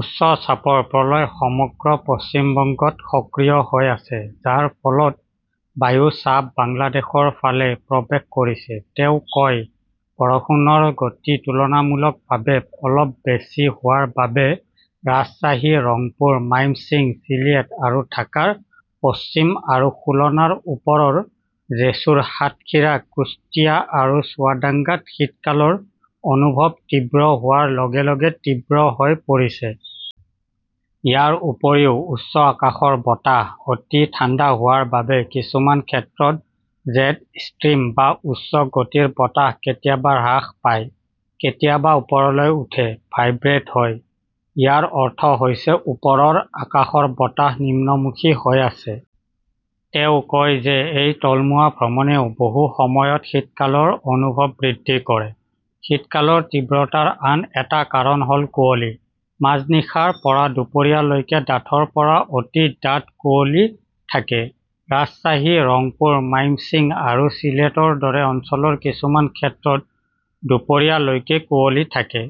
উচ্চ চাপৰ প্ৰলয় সমগ্ৰ পশ্চিম বংগত সক্ৰিয় হৈ আছে, যাৰ ফলত বায়ু চাপ বাংলাদেশৰ ফালে প্ৰৱেশ কৰিছে। তেওঁ কয় বৰষুণৰ গতি তুলনামূলকভাৱে অলপ বেছি হোৱাৰ বাবে ৰাজশ্বাহী, ৰংপুৰ, মাইমশ্বিং, চিলিয়েট আৰু ঢাকাৰ পশ্চিম আৰু খুলনাৰ ওপৰৰ জেছুৰ, সাতখিৰা, কুশ্তিয়া আৰু চুৱাডাঙ্গাত শীতকালৰ অনুভৱ তীব্ৰ হোৱাৰ লগে লগে তীব্ৰ হৈ পৰিছে। ইয়াৰ উপৰিও উচ্চ আকাশৰ বতাহ অতি ঠাণ্ডা হোৱাৰ বাবে কিছুমান ক্ষেত্ৰত 'জেড ষ্ট্ৰীম বা উচ্চ গতিৰ বতাহ কেতিয়াবা হ্ৰাস পায়, কেতিয়াবা ওপৰলৈ উঠে, ভাইব্ৰেট হয়। ইয়াৰ অৰ্থ হৈছে ওপৰৰ আকাশৰ বতাহ নিম্নমুখী হৈ আছে। তেওঁ কয় যে ,এই তলমুৱা ভ্ৰমণেও বহু সময়ত শীতকালৰ অনুভৱ বৃদ্ধি কৰে । শীতকালৰ তীব্ৰতাৰ আন এটা কাৰণ হ'ল কুঁৱলী। মাজনিশাৰ পৰা দুপৰীয়া লৈকে ডাঠৰ পৰা অতি ডাঠ কুঁৱলী থাকে। ৰাজশ্বাহী, ৰাংপুৰ, মাইমশ্বিং আৰু চিলেটৰ দৰে অঞ্চলৰ কিছুমান ক্ষেত্ৰত দুপৰীয়া লৈকে কুঁৱলী থাকে।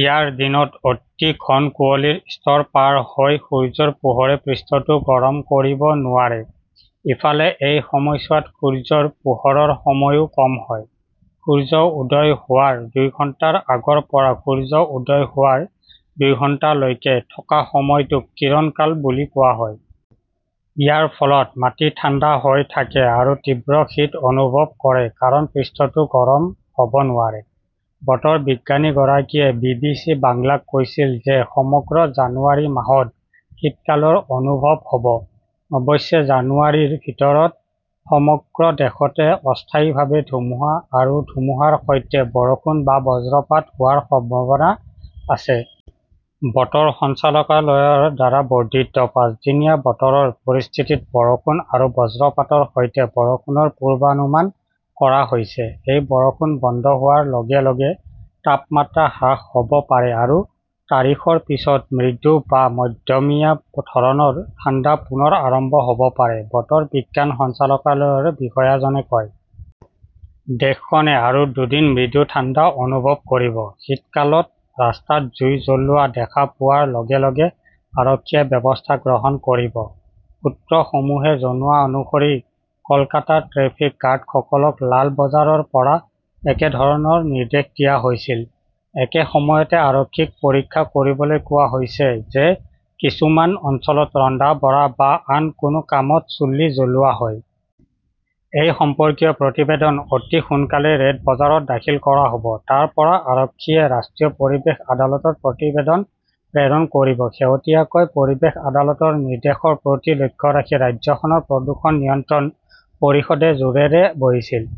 ইয়াৰ দিনত অতি ঘন কুঁৱলীৰ স্তৰ পাৰ হৈ সূৰ্যৰ পোহৰে পৃষ্ঠটো গৰম কৰিব নোৱাৰে। ইফালে, এই সময়ছোৱাত সূৰ্যৰ পোহৰৰ সময়ও কম হয়। সূৰ্য উদয় হোৱাৰ দুই ঘণ্টাৰ আগৰ পৰা সূৰ্য উদয় হোৱাৰ দুই ঘণ্টালৈকে থকা সময়টোক কিৰণ কাল বুলি কোৱা হয়। ইয়াৰ ফলত মাটি ঠাণ্ডা হৈ থাকে আৰু তীব্ৰ শীত অনুভৱ কৰে কাৰণ পৃষ্ঠটো গৰম হ'ব নোৱাৰে। বতৰ বিজ্ঞানীগৰাকীয়ে বি. বি. চি. বাংলাক কৈছিল যে, সমগ্ৰ জানুৱাৰী মাহত শীতকালৰ অনুভৱ হ'ব। অৱশ্যে, জানুৱাৰীৰ ভিতৰত সমগ্ৰ দেশতে অস্থায়ীভাৱে ধুমুহা আৰু ধুমুহাৰ সৈতে বৰষুণ বা বজ্ৰপাত হোৱাৰ সম্ভাৱনা আছে। বতৰ সঞ্চালকালয়ৰ দ্বাৰা বৰ্ধিত পাঁচদিনীয়া বতৰৰ পৰিস্থিতিত বৰষুণ আৰু বজ্ৰপাতৰ সৈতে বৰষুণৰ পূৰ্বানুমান কৰা হৈছে। এই বৰষুণ বন্ধ হোৱাৰ লগে লগে তাপমাত্ৰা হ্ৰাস হ'ব পাৰে আৰু তাৰিখৰ পিছত মৃদু বা মধ্যমীয়া ধৰণৰ ঠাণ্ডা পুনৰ আৰম্ভ হ'ব পাৰে, বতৰ বিজ্ঞান সঞ্চালকালয়ৰ বিষয়াজনে কয়। দেশখনে আৰু দুদিন মৃদু ঠাণ্ডা অনুভৱ কৰিব। শীতকালত ৰাস্তাত জুই জ্বলোৱা দেখা পোৱাৰ লগে লগে আৰক্ষীয়ে ব্যৱস্থা গ্ৰহণ কৰিব। সূত্ৰসমূহে জনোৱা অনুসৰি কলকাতাৰ ট্ৰেফিক গাৰ্ডসকলক লাল বজাৰৰ পৰা একেধৰণৰ নিৰ্দেশ দিয়া হৈছিল। একে সময়তে, আৰক্ষীক পৰীক্ষা কৰিবলৈ কোৱা হৈছে যে কিছুমান অঞ্চলত ৰন্ধা-বঢ়া বা আন কোনো কামত চুল্লী জ্বলোৱা হয়। এই সম্পৰ্কীয় প্ৰতিবেদন অতি সোনকালেই ৰেড বজাৰত দাখিল কৰা হ'ব। তাৰ পৰা আৰক্ষীয়ে ৰাষ্ট্ৰীয় পৰিৱেশ আদালতত প্ৰতিবেদন প্ৰেৰণ কৰিব। শেহতীয়াকৈ, পৰিৱেশ আদালতৰ নিৰ্দেশৰ প্ৰতি লক্ষ্য ৰাখি ৰাজ্যখনৰ প্ৰদূষণ নিয়ন্ত্ৰণ পৰিষদে জোৰেৰে বহিছিল।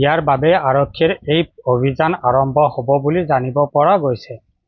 ইয়াৰ বাবেই আৰক্ষীৰ এই অভিযান আৰম্ভ হ'ব বুলি জানিব পৰা গৈছে।